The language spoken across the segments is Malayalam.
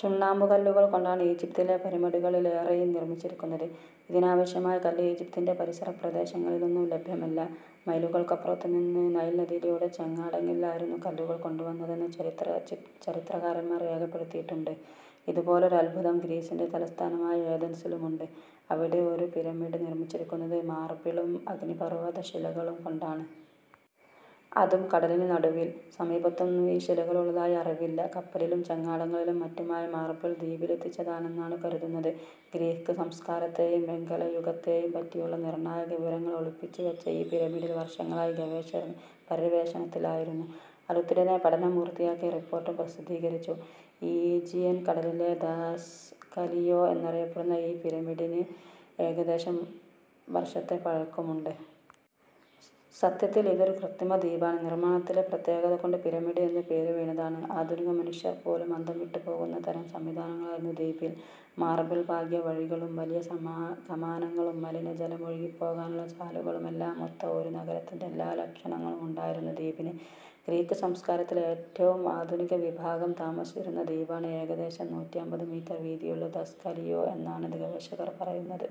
ചുണ്ണാമ്പുകല്ലുകൾ കൊണ്ടാണ് ഈജിപ്തിലെ പിരമിഡുകളിലേറെയും നിർമിച്ചിരിക്കുന്നത്. ഇതിനാവശ്യമായ കല്ല് ഈജിപ്തിന്‍റെ പരിസര പ്രദേശങ്ങളിലൊന്നും ലഭ്യമല്ല. മൈലുകൾക്കപ്പുറത്തു നിന്ന് നൈൽ നദിയിലൂടെ ചങ്ങാടങ്ങളിലായിരുന്നു കല്ലുകൾ കൊണ്ടുവന്നതെന്ന് ചരിത്രകാരന്മാർ രേഖപ്പെടുത്തിയിട്ടുണ്ട്. ഇതുപോലൊരു അദ്ഭുതം ഗ്രീസിന്‍റെ തലസ്ഥാനമായ ഏതൻസിലുമുണ്ട്. അവിടെ ഒരു ' പിരമിഡ് ' നിർമിച്ചിരിക്കുന്നത് മാർബിളും അഗ്നിപർവതശിലകളും കൊണ്ടാണ്. അതും കടലിനു നടുവിൽ. സമീപത്തൊന്നും ഈ ശിലകളുള്ളതായി അറിവില്ല. കപ്പലിലും ചങ്ങാടങ്ങളിലും മറ്റുമായി മാർബിൾ ദ്വീപിലെത്തിച്ചതാണെന്നാണു കരുതുന്നത്. ഗ്രീക്ക് സംസ്കാരത്തെയും വെങ്കലയുഗത്തെയും പറ്റിയുള്ള നിർണായക വിവരങ്ങൾ ഒളിപ്പിച്ചു വച്ച ഈ പിരമിഡിൽ വർഷങ്ങളായി ഗവേഷകർ പര്യവേഷണത്തിലായിരുന്നു. അടുത്തിടെ പഠനം പൂർത്തിയാക്കി റിപ്പോർട്ടും പ്രസിദ്ധീകരിച്ചു. ഈജിയൻ കടലിലെ ധാസ്കലിയോ എന്നറിയപ്പെടുന്ന ഈ പിരമിഡിന് ഏകദേശം വർഷത്തെ പഴക്കമുണ്ട്. സത്യത്തിൽ ഇതൊരു കൃത്രിമദ്വീപാണ്. നിർമാണത്തിലെ പ്രത്യേകത കൊണ്ട് പിരമിഡ് എന്നു പേരു വീണതാണ്. ആധുനിക മനുഷ്യർ പോലും അന്തംവിട്ടു പോകുന്ന തരം സംവിധാനങ്ങളായിരുന്നു ദ്വീപിൽ. മാർബിൾ പാകിയ വഴികളും വലിയ കമാനങ്ങളും മലിനജലം ഒഴുകിപ്പോകാനുള്ള ചാലുകളുമെല്ലാമായി ഒത്ത ഒരു നഗരത്തിന്‍റെ എല്ലാ ലക്ഷണങ്ങളുമുണ്ടായിരുന്നു ദ്വീപിന്. ഗ്രീക്ക് സംസ്കാരത്തിലെ ഏറ്റവും ആധുനികവിഭാഗം താമസിച്ചിരുന്ന ദ്വീപാണ് ഏകദേശം നൂറ്റിയമ്പത് മീറ്റർ വീതിയുള്ള ധാസ്കലിയോ എന്നാണു ഗവേഷകർ പറയുന്നത്.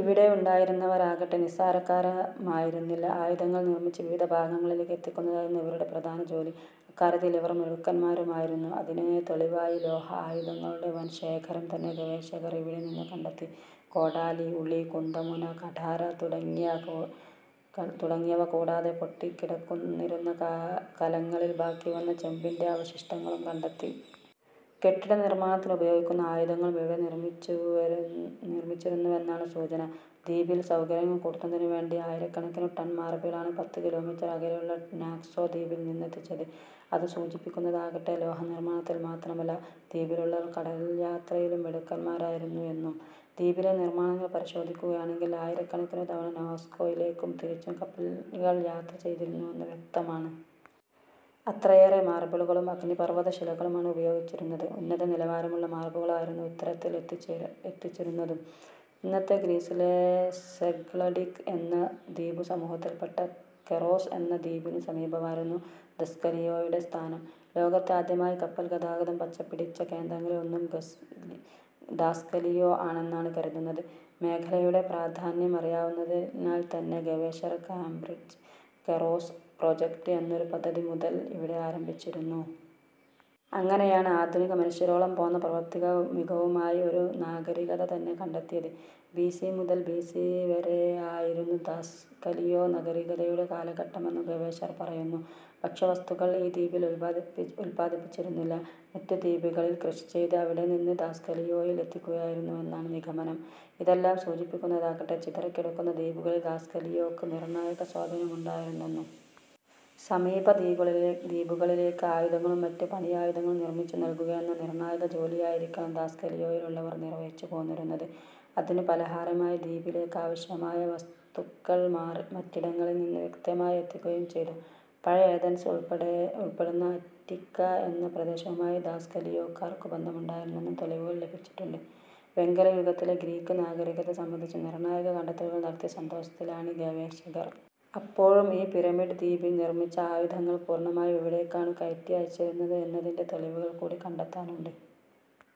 ഇവിടെയുണ്ടായിരുന്നവരാകട്ടെ നിസ്സാരക്കാരുമായിരുന്നില്ല. ആയുധങ്ങൾ നിർമിച്ച് വിവിധ ഭാഗങ്ങളിലേക്ക് എത്തിക്കുന്നതായിരുന്നു ഇവരുടെ പ്രധാന ജോലി. അക്കാര്യത്തിൽ ഇവർ മിടുക്കന്മാരുമായിരുന്നു. അതിനു തെളിവായി ലോഹ ആയുധങ്ങളുടെ വൻ ശേഖരം തന്നെ ഗവേഷകർ ഇവിടെ നിന്നു കണ്ടെത്തി. കോടാലി, ഉളി, കുന്തമുന, കഠാര തുടങ്ങിയവ കൂടാതെ പൊട്ടിക്കിടന്നിരുന്ന കലങ്ങളിൽ ബാക്കി വന്ന ചെമ്പിന്‍റെ അവശിഷ്ടങ്ങളും കണ്ടെത്തി. കെട്ടിട നിർമാണത്തിനുപയോഗിക്കുന്ന ആയുധങ്ങളും ഇവിടെ നിർമിച്ചിരുന്നുവെന്നാണു സൂചന. ദ്വീപിലെ സൗകര്യങ്ങൾ കൂട്ടുന്നതിനു വേണ്ടി ആയിരക്കണക്കിനു ടൺ മാർബിളാണ് പത്ത് കിലോമീറ്റർ അകലെയുള്ള നാക്സോ ദ്വീപിൽ നിന്നെത്തിച്ചത്. അതു സൂചിപ്പിക്കുന്നതാകട്ടെ, ലോഹനിർമാണത്തിൽ മാത്രമല്ല, ദ്വീപിലുള്ളവർ കടൽയാത്രയിലും മിടുക്കന്മാരായിരുന്നു എന്നും. ദ്വീപിലെ നിർമാണങ്ങൾ പരിശോധിക്കുകയാണെങ്കിൽ ആയിരക്കണക്കിനു തവണ നാക്സോയിലേക്കും തിരിച്ചും കപ്പലുകൾ യാത്ര ചെയ്തിരുന്നുവെന്നതു വ്യക്തമാണ്. അത്രയേറെ മാർബിളുകളും അഗ്നിപർവത ശിലകളുമാണ് ഉപയോഗിച്ചിരുന്നത്. ഉന്നത നിലവാരമുള്ള മാർബിളുകളായിരുന്നു ഇത്തരത്തിൽ എത്തിച്ചിരുന്നതും. ഇന്നത്തെ ഗ്രീസിലെ സെഗ്ലഡിക് എന്ന ദ്വീപുസമൂഹത്തിൽപ്പെട്ട കെറോസ് എന്ന ദ്വീപിനു സമീപമായിരുന്നു ധാസ്കലിയോയുടെ സ്ഥാനം. ലോകത്ത് ആദ്യമായി കപ്പൽ ഗതാഗതം പച്ചപിടിച്ച കേന്ദ്രങ്ങളിലൊന്നും ധാസ്കലിയോ ആണെന്നാണു കരുതുന്നത്. മേഖലയുടെ പ്രധാന്യം അറിയാവുന്നതിനാൽത്തന്നെ ഗവേഷകർ കേംബ്രിജ് കെറോസ് പ്രോജക്ട് എന്നൊരു പദ്ധതി മുതൽ ഇവിടെ ആരംഭിച്ചിരുന്നു. അങ്ങനെയാണ് ആധുനിക മനുഷ്യരോളം പോന്ന പ്രവർത്തനമികവുമായി ഒരു നാഗരികത തന്നെ കണ്ടെത്തിയത്. ബിസി മുതൽ ബിസി വരെയായിരുന്നു ധാസ്കലിയോ നാഗരികതയുടെ കാലഘട്ടമെന്നും ഗവേഷകർ പറയുന്നു. ഭക്ഷ്യവസ്തുക്കള്‍ ഈ ദ്വീപിൽ ഉൽപാദിപ്പിച്ചിരുന്നില്ല. മറ്റു ദ്വീപുകളില്‍ കൃഷി ചെയ്ത് അവിടെ നിന്ന് ധാസ്കലിയോയിൽ എത്തിക്കുകയായിരുന്നുവെന്നാണു നിഗമനം. ഇതെല്ലാം സൂചിപ്പിക്കുന്നതാകട്ടെ, ചിതറിക്കിടക്കുന്ന ദ്വീപുകളിൽ ധാസ്കലിയോയ്ക്കു നിർണായക സ്വാധീനമുണ്ടായിരുന്നെന്നും. സമീപദ്വീപുകളിലേക്ക് ആയുധങ്ങളും മറ്റു പണിയായുധങ്ങളും നിർമിച്ചു നൽകുകയെന്ന നിർണായക ജോലിയായിരിക്കണം ധാസ്കലിയോയിലുള്ളവർ നിർവഹിച്ചു പോന്നിരുന്നത്. അതിനു പലഹാരമായി ദ്വീപിലേക്കാവശ്യമായ വസ്തുക്കൾ മറ്റിടങ്ങളിൽ നിന്നു കൃത്യമായി എത്തിക്കുകയും ചെയ്തു. പഴയ ഏതൻസ് ഉൾപ്പെടുന്ന അറ്റിക്ക എന്ന പ്രദേശവുമായി ധാസ്കലിയോക്കാർക്കു ബന്ധമുണ്ടായിരുന്നെന്നും തെളിവുകൾ ലഭിച്ചിട്ടുണ്ട്. വെങ്കലയുഗത്തിലെ ഗ്രീക്ക് നാഗരികത സംബന്ധിച്ച് നിർണായക കണ്ടെത്തലുകൾ നടത്തിയ സന്തോഷത്തിലാണ് ഗവേഷകർ. അപ്പോഴും ഈ ' പിരമിഡ് ദ്വീപിൽ ' നിർമിച്ച ആയുധങ്ങൾ പൂർണമായും എവിടേക്കാണു കയറ്റി അയച്ചിരുന്നത് എന്നതിന്‍റെ തെളിവുകൾ കൂടി കണ്ടെത്താനുണ്ട്.